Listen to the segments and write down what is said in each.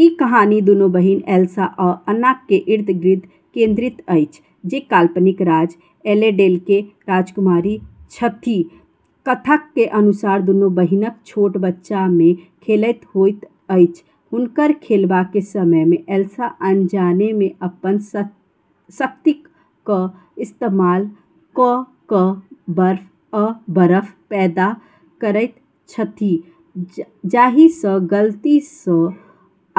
ई कहानी दुनू बहिन एल्सा आ अन्नाक इर्द-गिर्द केंद्रित अछि, जे काल्पनिक राज्य एरेंडेलके राजकुमारी छथि। कथाक शुरुआत दुनू बहिनक छोट बच्चा मे खेलैत होइत अछि। हुनक खेलबाक समय मे एल्सा अनजाने मे अपन शक्तिक इस्तेमाल कऽ कऽ बर्फ आ बरफ पैदा करैत छथि, जाही सँ गलती सँ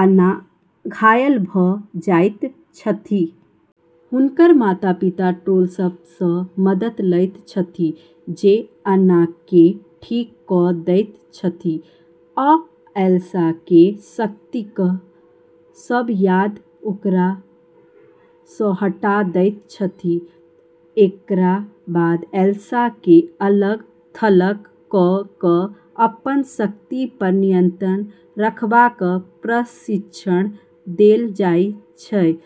अन्ना घायल भऽ जाइत छथि। हुनक माता-पिता ट्रोल सभ सँ मदद लैत छथि, जे अन्नाके ठीक कऽ दैत छथि आ एल्साके शक्तिक सब याद ओकरा सँ हटा दैत छथि। एकरा बाद एल्साके अलग-थलग कऽ कऽ अपन शक्ति पर नियंत्रण रखबाक प्रशिक्षण देल जाइत अछि,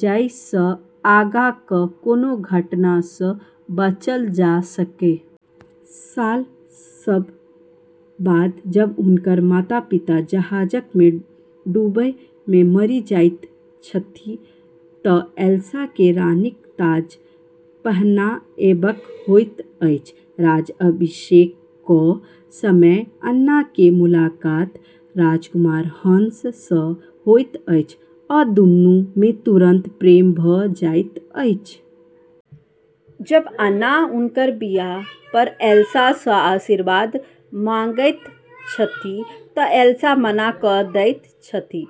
जाही सँ आगाँक कोनो घटना सँ बचल जा सकै। साल सभ बाद जब हुनक माता-पिता जहाजक डूबै मे मरि जाइत छथि, तँ एल्साके रानीक ताज पहनाएबक होइत अछि। राज्याभिषेकक समय अन्नाके मुलाकात राजकुमार हंस सँ होइत अछि, आ दुनू मे तुरंत प्रेम भऽ जाइत अछि। जब अन्ना हुनक बिआह पर एल्सा सँ आशीर्वाद मांगैत छथि तँ एल्सा मना कऽ दैत छथि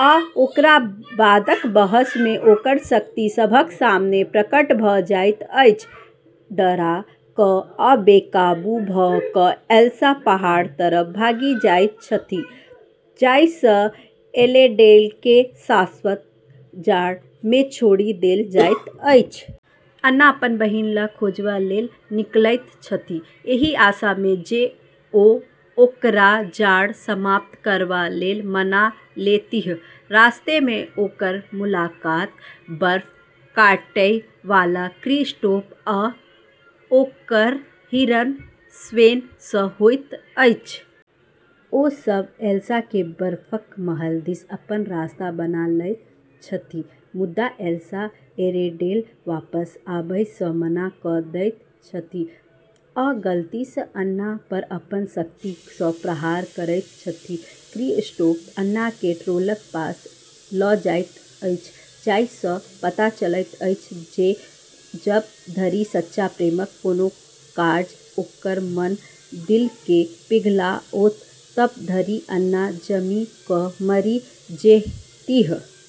आ ओकरा बादक बहस मे ओकर शक्ति सबहक सामने प्रकट भऽ जाइत अछि। डरा कऽ आ बेकाबू भऽ कऽ एल्सा पहाड़ तरफ भागि जाइत छथि, जाही सँ एरेंडेलके शाश्वत जाड़ मे छोड़ि देल जाइत अछि। अन्ना अपन बहिनके खोजब लेल निकलैत छथि, एहि आशा मे जे ओ ओकरा जाड़ समाप्त करबा लेल मना लेतीह। रास्ता मे ओकर मुलाकात बर्फ काटै बला क्रिस्टोफ आ ओकर हिरन स्वेन सँ होइत अछि। ओ सभ एल्साके बर्फक महल दिस अपन रास्ता बना लैत छथि, मुदा एल्सा एरेंडेल वापस आबै सँ मना कऽ दैत छथि, आ गलती सँ अन्ना पर अपन शक्ति सँ प्रहार करैत छथि। क्रिस्टोफ अन्नाके ट्रोलक पास लऽ जाइत अछि, जाही सँ पता चलैत अछि जे जब धरि सच्चा प्रेमक कोनो काज ओकर जमल दिलके पिघलाओत, तब धरि अन्ना जमि कऽ मरि जेतीह।